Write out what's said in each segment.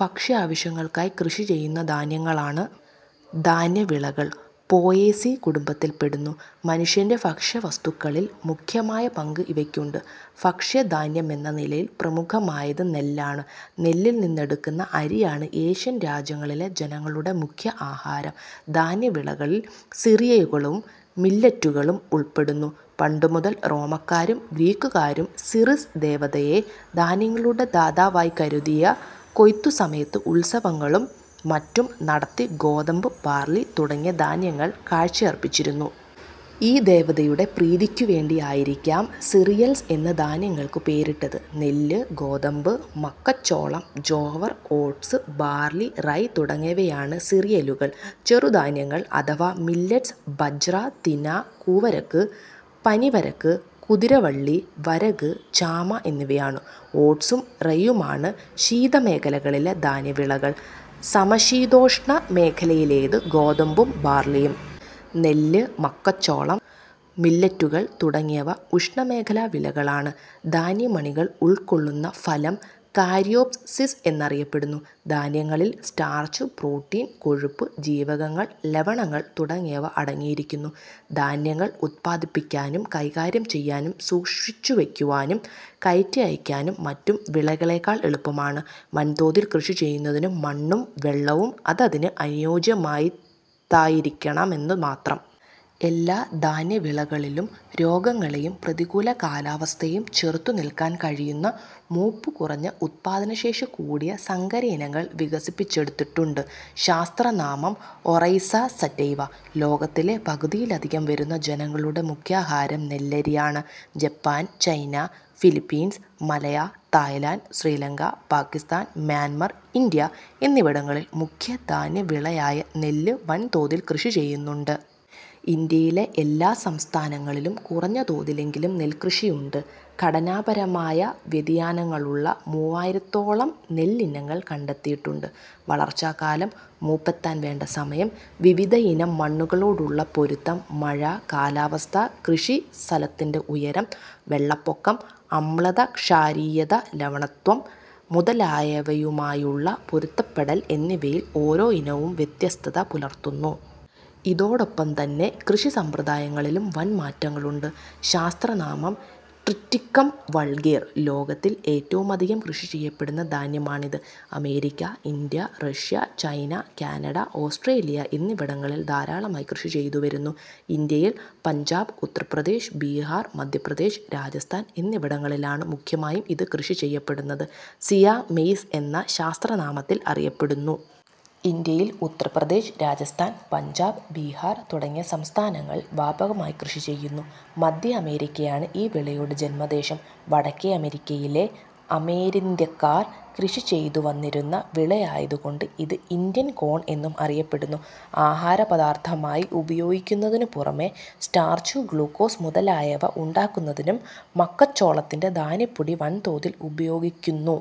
ഭക്ഷ്യാവശ്യങ്ങൾക്കായി കൃഷിചെയ്യുന്ന ധാന്യങ്ങളാണ് ധാന്യവിളകൾ. Poaceae കുടുംബത്തിൽപ്പെടുന്നു. മനുഷ്യന്റെ ഭക്ഷ്യവസ്തുക്കളിൽ മുഖ്യമായ പങ്ക് ഇവയ്ക്കുണ്ട്. ഭക്ഷ്യധാന്യമെന്ന നിലയിൽ പ്രമുഖമായത് നെല്ലാണ്. നെല്ലിൽ നിന്നെടുക്കുന്ന അരിയാണ് ഏഷ്യൻ രാജ്യങ്ങളിലെ ജനങ്ങളുടെ മുഖ്യ ആഹാരം. ധാന്യവിളകളിൽ സിറിയലുകളും മില്ലെറ്റുകളും ഉൾപ്പെടുന്നു. പണ്ടുമുതൽ റോമാക്കാരും ഗ്രീക്കുകാരും സിറിസ് ദേവതയെ ധാന്യങ്ങളുടെ ദാതാവായിക്കരുതി കൊയ്ത്തുസമയത്ത് ഉത്സവങ്ങളും മറ്റും നടത്തി ഗോതമ്പ്, ബാർലി തുടങ്ങിയ ധാന്യങ്ങൾ കാഴ്ചയർപ്പിച്ചിരുന്നു. ഈ ദേവതയുടെ പ്രീതിക്കുവേണ്ടിയായിരിക്കാം സിറിയൽസ് എന്ന് ധാന്യങ്ങൾക്ക് പേരിട്ടത്. നെല്ല്, ഗോതമ്പ്, മക്കച്ചോളം, ജോവർ, ഓട്സ്, ബാർലി, റൈ തുടങ്ങിയവയാണ് സിറിയലുകൾ. ചെറുധാന്യങ്ങൾ അഥവാ മില്ലെറ്റ്സ് ബജ്റ, തിന, കൂവരക്, പനിവരക്, കുതിരവള്ളി, വരക്, ചാമ എന്നിവയാണ്. ഓട്സും റൈയുമാണ് ശീതമേഖലകളിലെ ധാന്യവിളകൾ; സമശീതോഷ്ണ മേഖലയിലേത് ഗോതമ്പും ബാർലിയും. നെല്ല്, മക്കച്ചോളം, മില്ലെറ്റുകൾ തുടങ്ങിയവ ഉഷ്ണമേഖലാ വിളകളാണ്. ധാന്യമണികൾ ഉൾക്കൊള്ളുന്ന ഫലം കാരിയോപ് സിസ് എന്നറിയപ്പെടുന്നു. ധാന്യങ്ങളിൽ സ്റ്റാർച്ച്, പ്രോട്ടീൻ, കൊഴുപ്പ്, ജീവകങ്ങൾ, ലവണങ്ങൾ തുടങ്ങിയവ അടങ്ങിയിരിക്കുന്നു. ധാന്യങ്ങൾ ഉത്പാദിപ്പിക്കാനും കൈകാര്യം ചെയ്യാനും സൂക്ഷിച്ചുവയ്ക്കാനും കയറ്റി അയയ്ക്കാനും മറ്റു വിളകളെക്കാൾ എളുപ്പമാണ്. വൻതോതിൽ കൃഷിചെയ്യുന്നതിന് മണ്ണും വെള്ളവും അതതിന് അനുയോജ്യമായതായിരിക്കണമെന്നു മാത്രം. എല്ലാ ധാന്യവിളകളിലും രോഗങ്ങളെയും പ്രതികൂല കാലാവസ്ഥയെയും ചെറുത്തു നില്ക്കാൻ കഴിയുന്ന മൂപ്പു കുറഞ്ഞ, ഉത്പാദനശേഷി കൂടിയ സങ്കരയിനങ്ങൾ വികസിപ്പിച്ചെടുത്തിട്ടുണ്ട്. ശാസ്ത്രനാമം: ഒറൈസ സറ്റൈവ. ലോകത്തിലെ പകുതിയിലധികം വരുന്ന ജനങ്ങളുടെ മുഖ്യാഹാരം നെല്ലരിയാണ്. Japan, China, Philippines, Malaya, Thailand, Sri Lanka, Pakistan, Myanmar, India എന്നിവിടങ്ങളിൽ മുഖ്യ ധാന്യവിളയായ നെല്ല് വൻതോതിൽ കൃഷിചെയ്യുന്നുണ്ട്. ഇന്ത്യയിലെ എല്ലാ സംസ്ഥാനങ്ങളിലും കുറഞ്ഞ തോതിലെങ്കിലും നെൽക്കൃഷിയുണ്ട്. ഘടനാപരമായ വ്യതിയാനങ്ങളുള്ള മൂവായിരത്തോളം നെല്ലിനങ്ങൾ കണ്ടെത്തിയിട്ടുണ്ട്. വളർച്ചാകാലം; മൂപ്പെത്താൻ വേണ്ട സമയം; വിവിധയിനം മണ്ണുകളോടുള്ള പൊരുത്തം; മഴ, കാലാവസ്ഥ, കൃഷി സ്ഥലത്തിന്റെ ഉയരം, വെള്ളപ്പൊക്കം, അമ്ലത-ക്ഷാരീയത, ലവണത്വം മുതലായവയുമായുള്ള പൊരുത്തപ്പെടൽ എന്നിവയിൽ ഓരോ ഇനവും വ്യത്യസ്തത പുലർത്തുന്നു. ഇതോടൊപ്പംതന്നെ കൃഷിസമ്പ്രദായങ്ങളിലും വൻ മാറ്റങ്ങളുണ്ട്. ശാസ്ത്രനാമം: ട്രിറ്റിക്കം വൾഗേർ. ലോകത്തിൽ ഏറ്റവുമധികം കൃഷിചെയ്യപ്പെടുന്ന ധാന്യമാണിത്. America, India, Russia, China, Canada, Australia എന്നിവിടങ്ങളിൽ ധാരാളമായി കൃഷിചെയ്തുവരുന്നു. ഇന്ത്യയിൽ പഞ്ചാബ്, ഉത്തർപ്രദേശ്, ബിഹാർ, മധ്യപ്രദേശ്, രാജസ്ഥാൻ എന്നിവിടങ്ങളിലാണ് മുഖ്യമായും ഇത് കൃഷി ചെയ്യപ്പെടുന്നത്. സിയാ മെയ്സ് എന്ന ശാസ്ത്രനാമത്തിൽ അറിയപ്പെടുന്നു. ഇന്ത്യയിൽ ഉത്തർപ്രദേശ്, രാജസ്ഥാൻ, പഞ്ചാബ്, ബിഹാർ തുടങ്ങിയ സംസ്ഥാനങ്ങളിൽ വ്യാപകമായി കൃഷിചെയ്യുന്നു. മധ്യ അമേരിക്കയാണ് ഈ വിളയുടെ ജന്മദേശം. വടക്കേ അമേരിക്കയിലെ അമേരിന്ത്യക്കാർ കൃഷിചെയ്തുവന്നിരുന്ന വിളയായതുകൊണ്ട് ഇത് ഇന്ത്യൻ കോൺ എന്നും അറിയപ്പെടുന്നു. ആഹാരപദാർഥമായി ഉപയോഗിക്കുന്നതിനുപുറമേ സ്റ്റാർച്ച്, ഗ്ലൂക്കോസ് മുതലായവ ഉണ്ടാക്കുന്നതിനും മക്കച്ചോളത്തിന്റെ ധാന്യപ്പൊടി വൻതോതിൽ ഉപയോഗിക്കുന്നു.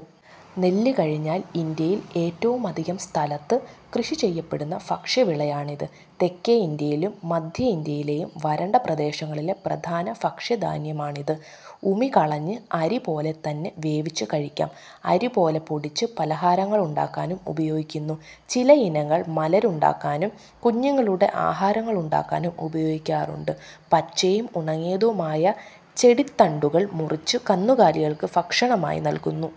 നെല്ല് കഴിഞ്ഞാൽ ഇന്ത്യയിൽ ഏറ്റവുമധികം സ്ഥലത്ത് കൃഷിചെയ്യപ്പെടുന്ന ഭക്ഷ്യവിളയാണിത്. തെക്കേ ഇന്ത്യയിലെയും മധ്യഇന്ത്യയിലെയും വരണ്ട പ്രദേശങ്ങളിലെ പ്രധാന ഭക്ഷ്യധാന്യമാണിത്. ഉമി കളഞ്ഞ് അരി പോലെതന്നെ വേവിച്ച് കഴിക്കാം. അരി പോലെ പൊടിച്ച് പലഹാരങ്ങളുണ്ടാക്കാനും ഉപയോഗിക്കുന്നു. ചിലയിനങ്ങൾ മലര് ഉണ്ടാക്കാനും കുഞ്ഞുങ്ങളുടെ ആഹാരങ്ങളുണ്ടാക്കാനും ഉപയോഗിക്കാറുണ്ട്. പച്ചയും ഉണങ്ങിയതുമായ ചെടിത്തണ്ടുകൾ മുറിച്ച് കന്നുകാലികൾക്ക് ഭക്ഷണമായി നല്കുന്നു.